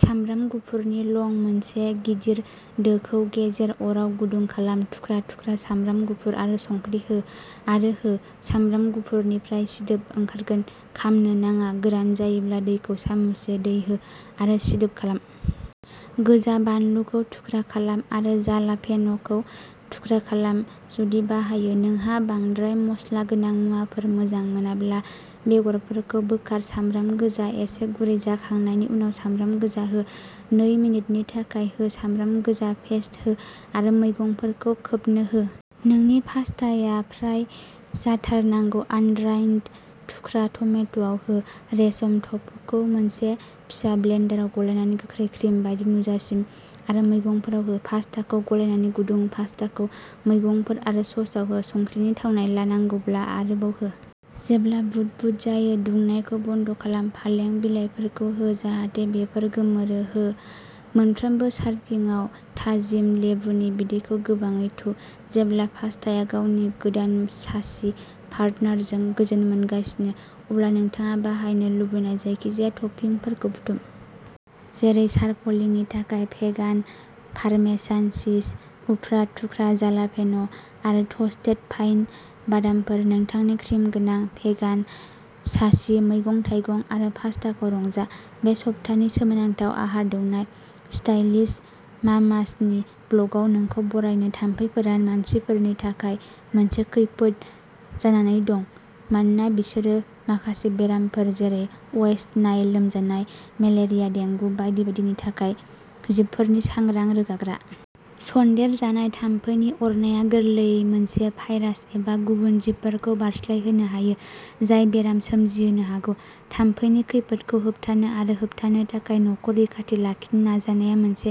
सामब्राम गुफुरनि लं मोनसे गिदिर दोखौ गेजेर अराव गुदुं खालाम, थुख्रा थुख्रा सामब्राम गुफुर आरो संख्रि हो आरो हो। सामब्राम गुफुरनिफ्राय सिदोब ओंखारगोन खामनो नाङा। गोरान जायोब्ला दैखौ सामुससे दै हो आरो सिदोब खालाम। गोजा बानलुखौ थुख्रा खालाम आरो जालापेन'खौ थुख्रा खालाम, जुदि बाहायो। नोंहा बांद्राय मस्ला गोनां मुवाफोर मोजां मोनाब्ला बेगरफोरखौ बोखार! सामब्राम गोजा एसे गुरै जाखांनायनि उनाव, सामब्राम गोजा हो। नै मिनिटनि थाखाय हो। सामब्राम गोजा पेस्त हो आरो मैगंफोरखौ खोबनो हो। नोंनि पास्ताआ फ्राय जाथारनांगौ। आनद्राइन्ड थुख्रा टमेट'आव हो। रेसम टफुखौ मोनसे फिसा ब्लेन्डाराव गलायनानै गोखै क्रिम बायदि नुजासिम, आरो मैगंफोराव हो। पास्ताखौ गलायनानै गुदुं पास्ताखौ मैगंफोर आरो ससआव हो। संख्रिनि थावनाय ला, नांगौब्ला आरोबाव हो। जेब्ला बुद बुद जायो, दुंनायखौ बन्द खालाम, पालें बिलाइफोरखौ हो जाहाथे बेफोर गोमोरो, हो। मोनफ्रोमबो सारभिंआव थाजिम लेबुनि बिदैखौ गोबाङै थु। जेब्ला पास्ताआ गावनि गोदान सासि पार्टनारजों गोजोन मोनगासिनो, अब्ला नोंथाङा बाहायनो लुबैनाय जायखिजाया टपिंफोरखौ बुथुम। जेरै सार्पलिंनि थाखाय भेगान पार्मेसान चीज, उफ्रा थुख्रा जालापेन', आरो टस्टेड पाइन बादामफोर। नोंथांनि क्रिम गोनां, भेगान, सासि मैगं-थाइगं आरो पास्ताखौ रंजा! बे सप्तानि सोमोनांथाव! आहार दौनाय! स्टाइलिश मामासनि ब्लगाव नोंखौ बरायनो, थाम्फैफोरा मानसिफोरनि थाखाय मोनसे खैफोद जानानै दं मानोना बिसोरो माखासे बेरामफोर जेरै वेस्ट नाइल लोमजानाय, मेलेरिया, डेंगु बायदि बायदिनि थाखाय जिबफोरनि सांग्रां रोगाग्रा। सन्देरजानाय थाम्फैनि अरनाया गोरलैयै मोनसे भाइरास एबा गुबुन जिबफोरखौ बारस्लायहोनो हायो जाय बेराम सोमजिहोनो हागौ। थाम्फैनि खैफोदखौ होबथानो आरो होबथानो थाखाय न'खौ रैखाथि लाखिनो नाजानाया मोनसे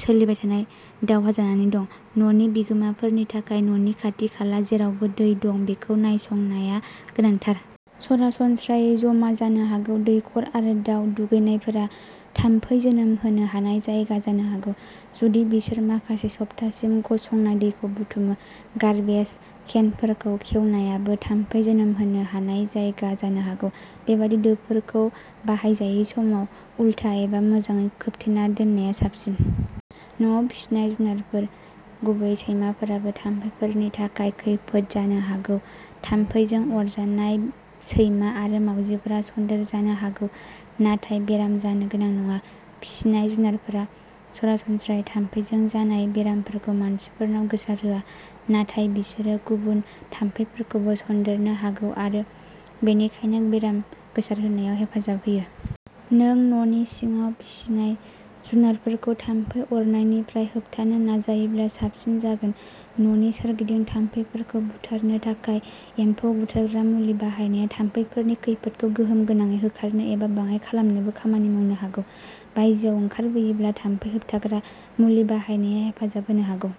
सोलिबाय थानाय दावहा जानानै दं। न'नि बिगोमाफोरनि थाखाय न'नि खाथि-खाला जेरावबो दै दं बेखौ नायसंनाया गोनांथार। सरासनस्रायै जमा जानो हागौ। दैखर आरो दाउ दुगैनायफोरा थाम्फै जोनोम होनो हानाय जायगा जानो हागौ जुदि बिसोर माखासे सप्तासिम गसंनाय दैखौ बुथुमो। गार्बेल केनफोरखौ खेवनायाबो थाम्फै जोनोम होनो हानाय जायगा जानो हागौ। बेबादि दोफोरखौ बाहायजायै समाव उलथा एबा मोजाङै खोबथेना दोननाया साबसिन। न'आव फिसिनाय जुनारफोर, गुबैयै सैमाफोराबो थाम्फैफोरनि थाखाय खैफोद जानो हागौ थाम्फैजों अरजानाय सैमा आरो मावजिफोरा सन्देरजानो हागौ नाथाय बेराम जानो गोनां नङा। फिसिनाय जुनारफोरा सरासनस्रायै थाम्फैजों जानाय बेरामफोरखौ मानसिफोरनाव गोसारहोआ नाथाय बिसोरो गुबुन थाम्फैफोरखौबो सनदेरनो हागौ आरो बेनिखायनो बेराम गोसारहोनायाव हेफाजाब होयो। नों न'नि सिङाव फिसिनाय जुनारफोरखौ थाम्फै अरनायनिफ्राय होबथानो नाजायोब्ला साबसिन जागोन। न'नि सोरगिदिं थाम्फैफोरखौ बुथारनो थाखाय एम्फौ बुथारग्रा मुलि बाहायनाया थाम्फैफोरनि खैफोदखौ गोहोम गोनाङै होखारनो एबा बाङाइ खालामनोबो खामानि मावनो हागौ। बायजोआव ओंखारबोयोब्ला थाम्फै होबथाग्रा मुलि बाहायनाया हेफाजाब होनो हागौ।